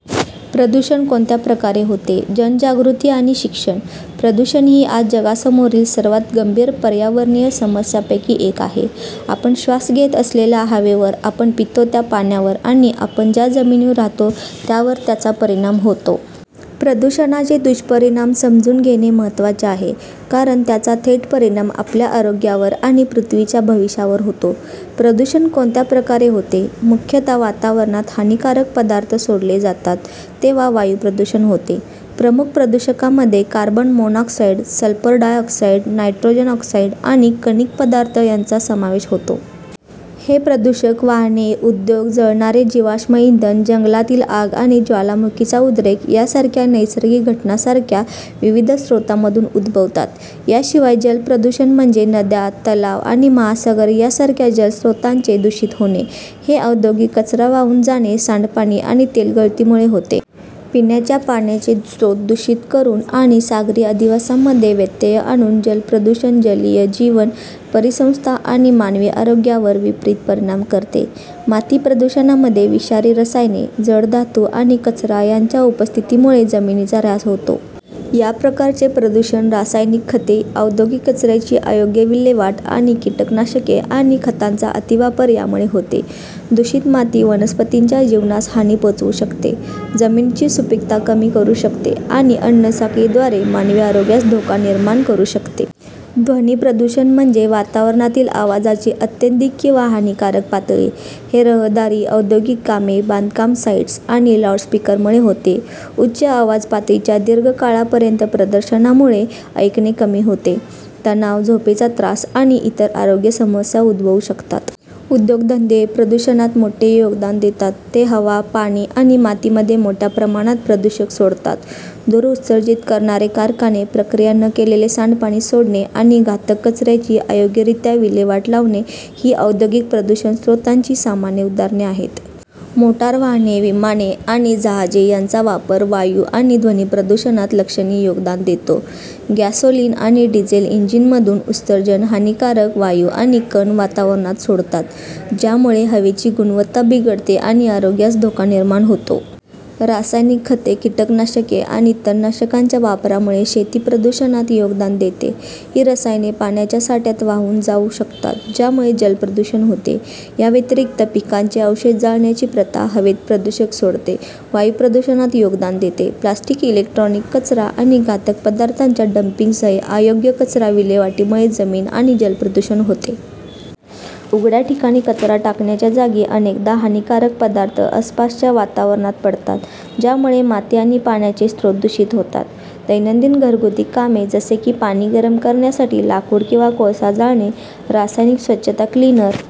प्रदूषण कोणत्या प्रकारे होते, जनजागृती आणि शिक्षण. प्रदूषण ही आज जगासमोरील सर्वात गंभीर पर्यावरणीय समस्यांपैकी एक आहे. आपण श्वास घेत असलेल्या हवेवर, आपण पितो त्या पाण्यावर आणि आपण ज्या जमिनीवर राहतो त्यावर त्याचा परिणाम होतो. प्रदूषणाचे दुष्परिणाम समजून घेणे महत्त्वाचे आहे, कारण त्याचा थेट परिणाम आपल्या आरोग्यावर आणि पृथ्वीच्या भविष्यावर होतो. प्रदूषण कोणत्या प्रकारे होते. मुख्यतः वातावरणात हानिकारक पदार्थ सोडले जातात तेव्हा वायू प्रदूषण होते. प्रमुख प्रदूषकांमध्ये carbon monoxide, sulphur dioxide, nitrogen oxide आणि कणिक पदार्थ यांचा समावेश होतो. हे प्रदूषक वाहने, उद्योग, जळणारे जीवाश्म इंधन, जंगलातील आग आणि ज्वालामुखीचा उद्रेक यासारख्या नैसर्गिक घटनांसारख्या विविध स्रोतांमधून उद्भवतात. याशिवाय, जलप्रदूषण म्हणजे नद्या, तलाव आणि महासागर यांसारख्या जलस्रोतांचे दूषित होणे. हे औद्योगिक कचरा वाहून जाणे, सांडपाणी आणि तेल गळतीमुळे होते. पिण्याच्या पाण्याचे स्रोत दूषित करून आणि सागरी अधिवासांमध्ये व्यत्यय आणून जलप्रदूषण जलीय जीवन, परिसंस्था आणि मानवी आरोग्यावर विपरीत परिणाम करते. माती प्रदूषणामध्ये विषारी रसायने, जड धातू आणि कचरा यांच्या उपस्थितीमुळे जमिनीचा ऱ्हास होतो. या प्रकारचे प्रदूषण रासायनिक खते, औद्योगिक कचऱ्याची अयोग्य विल्हेवाट आणि कीटकनाशके आणि खतांचा अतिवापर यामुळे होते. दूषित माती वनस्पतींच्या जीवनास हानी पोहोचवू शकते, जमिनीची सुपीकता कमी करू शकते आणि अन्न साखळीद्वारे मानवी आरोग्यास धोका निर्माण करू शकते. ध्वनी प्रदूषण म्हणजे वातावरणातील आवाजाची अत्यधिक किंवा हानिकारक पातळी. हे रहदारी, औद्योगिक कामे, बांधकाम साइट्स आणि लाऊडस्पीकरमुळे होते. उच्च आवाज पातळीच्या दीर्घकाळापर्यंत प्रदर्शनामुळे ऐकणे कमी होते, तणाव, झोपेचा त्रास आणि इतर आरोग्य समस्या उद्भवू शकतात. उद्योगधंदे प्रदूषणात मोठे योगदान देतात. ते हवा, पाणी आणि मातीमध्ये मोठ्या प्रमाणात प्रदूषक सोडतात. धूर उत्सर्जित करणारे कारखाने, प्रक्रिया न केलेले सांडपाणी सोडणे आणि घातक कचऱ्याची अयोग्यरित्या विल्हेवाट लावणे ही औद्योगिक प्रदूषण स्रोतांची सामान्य उदाहरणे आहेत. मोटार वाहने, विमाने आणि जहाजे यांचा वापर वायू आणि ध्वनी प्रदूषणात लक्षणीय योगदान देतो. गॅसोलीन आणि डिझेल इंजिनमधून उत्सर्जन हानिकारक वायू आणि कण वातावरणात सोडतात, ज्यामुळे हवेची गुणवत्ता बिघडते आणि आरोग्यास धोका निर्माण होतो. रासायनिक खते, कीटकनाशके आणि तणनाशकांच्या वापरामुळे शेती प्रदूषणात योगदान देते. ही रसायने पाण्याच्या साठ्यात वाहून जाऊ शकतात, ज्यामुळे जलप्रदूषण होते. याव्यतिरिक्त, पिकांचे अवशेष जाळण्याची प्रथा हवेत प्रदूषक सोडते, वायू प्रदूषणात योगदान देते. प्लास्टिक, इलेक्ट्रॉनिक कचरा आणि घातक पदार्थांच्या डंपिंगसह अयोग्य कचरा विल्हेवाटीमुळे जमीन आणि जल प्रदूषण होते. उघड्या ठिकाणी कचरा टाकण्याच्या जागी अनेकदा हानिकारक पदार्थ आसपासच्या वातावरणात पडतात, ज्यामुळे माती आणि पाण्याचे स्रोत दूषित होतात. दैनंदिन घरगुती कामे जसे की पाणी गरम करण्यासाठी लाकूड किंवा कोळसा जाळणे, रासायनिक स्वच्छता क्लिनर.